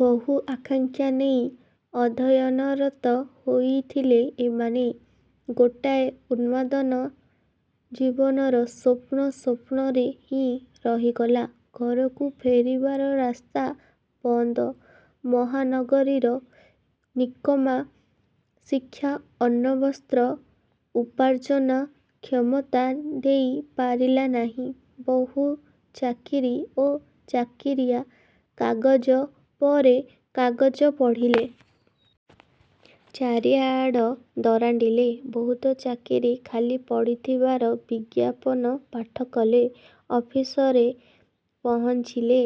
ବହୁ ଆକାଙ୍କ୍ଷା ନେଇ ଅଧ୍ୟୟନରତ ହୋଇଥିଲେ ଏଇମାନେ। ଗୋଟାଏ ଉନ୍ମାଦନା, ଜୀବନର ସ୍ୱପ୍ନ ସ୍ୱପ୍ନରେ ହିଁ ରହିଗଲା। ଘରକୁ ଫେରିବାର ରାସ୍ତା ବନ୍ଦ। ମହାନଗରୀର ନିକମା ଶିକ୍ଷା ଅନ୍ନ ବସ୍ତ୍ର ଉପାର୍ଜନ କ୍ଷମତା ଦେଇ ପାରିଲା ନାହିଁ। ବହୁ ଚାକିରୀ ଓ ଚାକିରୀଆ, କାଗଜ ପରେ କାଗଜ ପଢ଼ିଲେ। ଚାରିଆଡ଼ ଦରାଣ୍ତିଲେ। ବହୁତ ଚାକିରୀ ଖାଲି ପଡ଼ିଥିବାର ବିଜ୍ଞାପନ ପାଠ କଲେ। ଅଫିସରେ ପହଞ୍ଚିଲେ।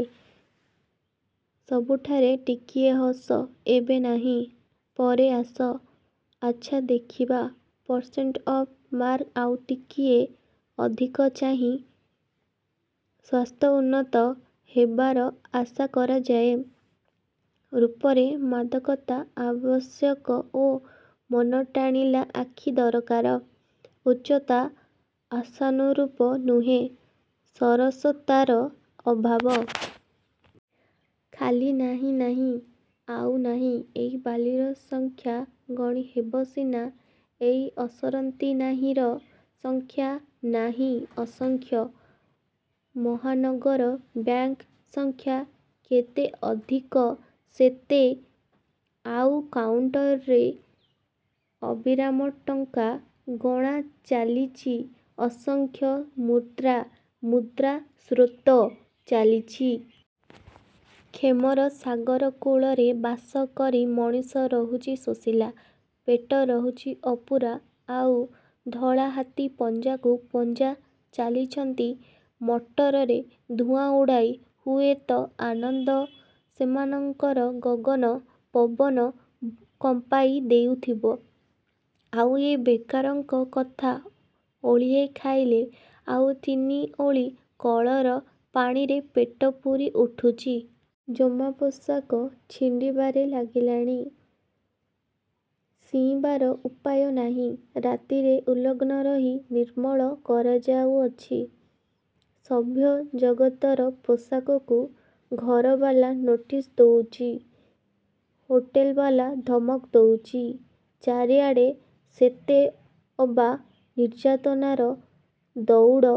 ସବୁଠାରେ ଟିକିଏ ହସ, ଏବେ ନାହିଁ, ପରେ ଆସ, ଆଛା ଦେଖିବା, ପରସେଣ୍ଟ ଅଫ ମାର୍କ ଆଉ ଟିକିଏ ଅଧିକ ଚାହି, ସ୍ୱାସ୍ଥ୍ୟ ଉନ୍ନତ ହେବାର ଆଶା କରାଯାଏ, ରୂପରେ ମାଦକତା ଆବଶ୍ୟକ ଓ ମନ ଟାଣିଲା ଆଖି ଦରକାର, ଉଚ୍ଚତା ଆଶାନୁରୂପ ନୁହେଁ, ସରସତାର ଅଭାବ। ଖାଲି ନାହିଁ, ନାହିଁ ଆଉ ନାହିଁ। ଏଇ ବାଲିର ସଂଖ୍ୟା ଗଣି ହେବ ସିନା, ଏଇ ଅସରନ୍ତି ନାହିଁର ସଂଖ୍ୟା ନାହିଁ ଅସଂଖ୍ୟ। ମହାନଗର ବ୍ୟାଙ୍କ ସଂଖ୍ୟା, କେତେ ଅଧିକ ସତେ! ଆଉ କାଉଣ୍ଟରରେ ଅବିରାମ ଟଙ୍କା ଗଣା ଚାଲିଚି। ଅସଂଖ୍ୟ ମୁଦ୍ରା, ମୁଦ୍ରା ସ୍ରୋତ ଚାଲିଚି। କ୍ଷମର ସାଗର କୂଳରେ ବାସ କରି ମଣିଷ ରହୁଚି ଶୋଷିଲା। ପେଟ ରହୁଚି ଅପୂରା। ଆଉ ଧଳା ହାତୀ ପଞ୍ଝାକୁ ପଞ୍ଝା ଚାଲିଚନ୍ତି ମଟରରେ ଧୁଆଁ ଉଡ଼ାଇ। ହୁଏତ ଆନନ୍ଦ ସେମାନଙ୍କର ଗଗନ ପବନ କମ୍ପାଇ ଦେଉଥିବ। ଆଉ ଏ ବେକାରଙ୍କ କଥା! ଓଳିଏ ଖାଇଲେ ଆଉ ତିନି ଓଳି କଳର ପାଣିରେ ପେଟ ପୂରି ଉଠୁଚି। ଜାମା, ପୋଷାକ ଛିଣ୍ତିବାରେ ଲାଗିଲାଣି। ଶିଇଁବାର ଉପାୟ ନାହିଁ। ରାତିରେ ଉଲଗ୍ନ ରହି ନିର୍ମଳ କରାଯାଉଅଛି। ସଭ୍ୟ ଜଗତର ପୋଷାକକୁ। ଘରବାଲା ନୋଟିସ୍ ଦଉଚି। ହୋଟେଲବାଲା ଧମକ ଦଉଚି। ଚାରିଆଡ଼େ ସେତେ ଅବା ନିର୍ଯାତନାର ଧଉଡ଼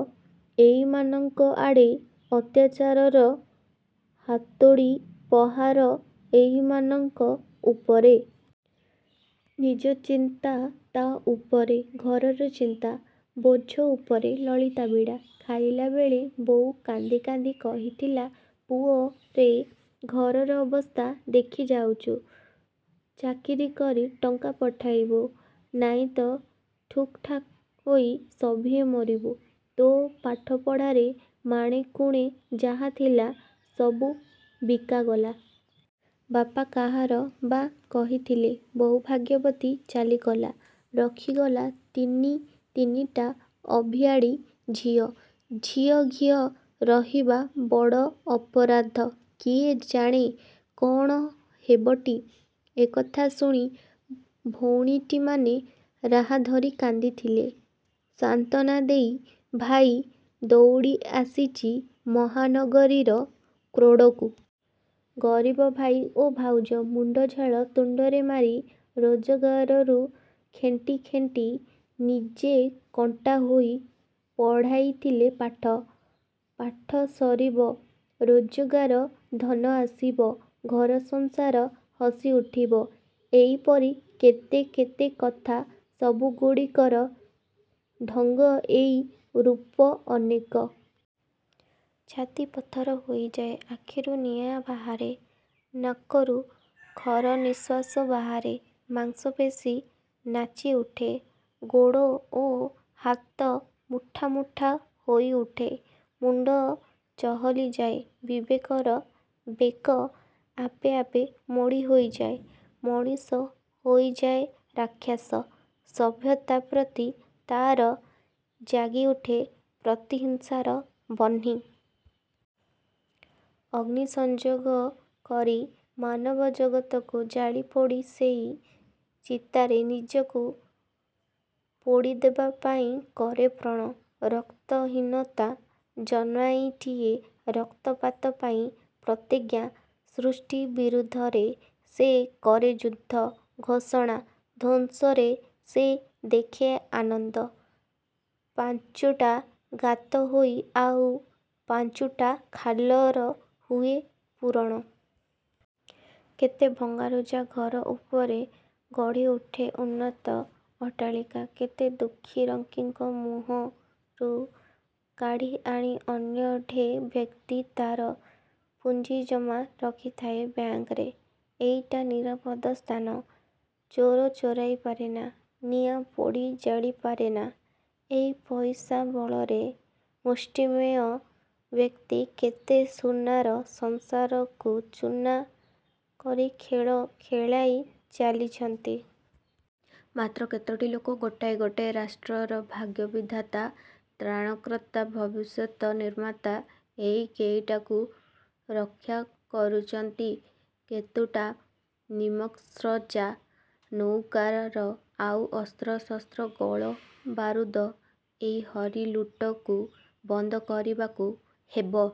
ଏଇମାନଙ୍କ ଆଡ଼େ। ଅତ୍ୟାଚାରରର ହାତୁଡ଼ି ପ୍ରହାର ଏଇମାନଙ୍କ ଉପରେ। ନିଜ ଚିନ୍ତା, ତା ଉପରେ ଘରର ଚିନ୍ତା, ବୋଝ ଉପରେ ନଳିତା ବିଡ଼ା। ଖାଇଲାବେଳେ ବୋଉ କାନ୍ଦି କାନ୍ଦି କହିଥିଲା—ପୁଅରେ, ଘର ଅବସ୍ଥା ଦେଖିଯାଉଚୁ। ଚାକିରୀ କରି ଟଙ୍କା ପଠାଇବୁ, ନାଇଁ ତ ଠୁକ୍ ଠାକ୍ ହୋଇ ସଭିଏଁ ମରିବୁ। ତୋ ପାଠପଢ଼ାରେ ମାଣେ କୁଣେ ଯାହା ଥିଲା, ସବୁ ବିକାଗଲା। ବାପା କାହାର ବା କହିଥିଲେ, 'ବୋଉ ଭାଗ୍ୟବତୀ ଚାଲିଗଲା। ରଖିଗଲା ତିନି ତିନିଟା ଅଭିଆଡ଼ୀ ଝିଅ। 'ଝିଅ ଘିଅ' ରହିବା ବଡ଼ ଅପରାଧ, କିଏ ଜାଣେ କ'ଣ ହେବଟି। ' ଏକଥା ଶୁଣି ଭଉଣୀଟିମାନ ରାହା ଧରି କାନ୍ଦିଥିଲେ। ସାନ୍ତ୍ୱନା ଦେଇ ଭାଇ ଧଉଡ଼ି ଆସିଚି ମହାନଗରୀର କ୍ରୋଡ଼କୁ। ଗରିବ ଭାଇ ଓ ଭାଉଜ। ମୁଣ୍ଡ ଝାଳ ତୁଣ୍ତରେ ମାରି ରୋଜଗାରରୁ ଖେଣ୍ଟି ଖେଣ୍ଟି ନିଜେ କଣ୍ଟା ହୋଇ ପଢ଼ାଇଥିଲେ ପାଠ। ପାଠ ସରିବ। ରୋଜଗାର ଧନ ଆସିବ। ଘର ସଂସାର ହସିଉଠିବ। ଏଇପରି କେତେ କେତେ କଥା। ସବୁ ଗୁଡ଼ିକର ଢଙ୍ଗ ଏକ, ରୂପ ଅନେକ। ଛାତି ପଥର ହୋଇଯାଏ। ଆଖିରୁ ନିଆଁ ବାହାରେ। ନାକରୁ ଖରନିଶ୍ୱାସ ବାହାରେ। ମାଂସପେଶୀ ନାଚିଉଠେ। ଗୋଡ଼ ଓ ହାତ ମୁଠା ମୁଠା ହୋଇଉଠେ। ମୁଣ୍ତ ଚହଲିଯାଏ। ବିବେକର ବେକ ଆପେ ଆପେ ମୋଡ଼ି ହୋଇଯାଏ। ମଣିଷ ହୋଇଯାଏ ରାକ୍ଷସ। ସଭ୍ୟତା ପ୍ରତି ତାର ଜାଗିଉଠେ ପ୍ରତିହିଂସାର ବହ୍ନି। ଅଗ୍ନି ସଂଯୋଗ କରି ମାନବ ଜଗତକୁ ଜାଳି ପୋଡ଼ି ସେଇ ଚିତାରେ ନିଜକୁ ପୋଡ଼ି ଦେବାପାଇଁ କରେ ପଣ। ରକ୍ତହୀନତା ଜନ୍ମାଇଦିଏ ରକ୍ତପାତ ପାଇଁ ପ୍ରତିଜ୍ଞା। ସୃଷ୍ଟି ବିରୁଦ୍ଧରେ ସେ କରେ ଯୁଦ୍ଧ ଘୋଷଣା, ଧ୍ୱଂସରେ ସେ ଦେଖେ ଆନନ୍ଦ। ପାଞ୍ଚୁଟା ଗାତ ହୋଇ ଆଉ ପାଞ୍ଚୁଟା ଖାଲର ହୁଏ ପୂରଣ। କେତେ ଭଙ୍ଗାରୁଜା ଘର ଉପରେ ଗଢ଼ିଉଠେ ଉନ୍ନତ ଅଟ୍ଟାଳିକା। କେତେ ଦୁଃଖୀ ରଙ୍କିଙ୍କ ମୁହଁରୁ କାଢ଼ି ଆଣି ଧନାଢ଼୍ୟ ବ୍ୟକ୍ତି ତାର ପୁଞ୍ଜି ଜମା ରଖିଥାଏ ବ୍ୟାଙ୍କରେ, ଏଇଟା ନିରାପଦ ସ୍ଥାନ। ଚୋର ଚୋରାଇ ପାରେନା। ନିଆଁ ପୋଡ଼ି ଜାଳି ପାରେନା। ଏଇ ପଇସା ବଳରେ ମୁଷ୍ଟିମେୟ ବ୍ୟକ୍ତି କେତେ ସୁନାର ସଂସାରକୁ ଚୂନା କରି ଖେଳ ଖେଳାଇ ଚାଲିଚନ୍ତି। ମାତ୍ର କେତୋଟି ଲୋକ ଗୋଟାଏ ଗୋଟାଏ ରାଷ୍ଟ୍ରର ଭାଗ୍ୟ ବିଧାତା, ତ୍ରାଣକର୍ତ୍ତା, ଭବିଷ୍ୟତ ନିର୍ମାତା। ଏଇ କେଇଟାଙ୍କୁ ରକ୍ଷା କରୁଚନ୍ତି କେତୁଟା ନିମକସଚ୍ଚା ନୌକାର ଆଉ ଅସ୍ତ୍ର, ଶସ୍ତ୍ର ଗୋଳ ବାରୁଦ। ଏ ହରିଲୁଟକୁ ବନ୍ଦ କରିବାକୁ ହେବ।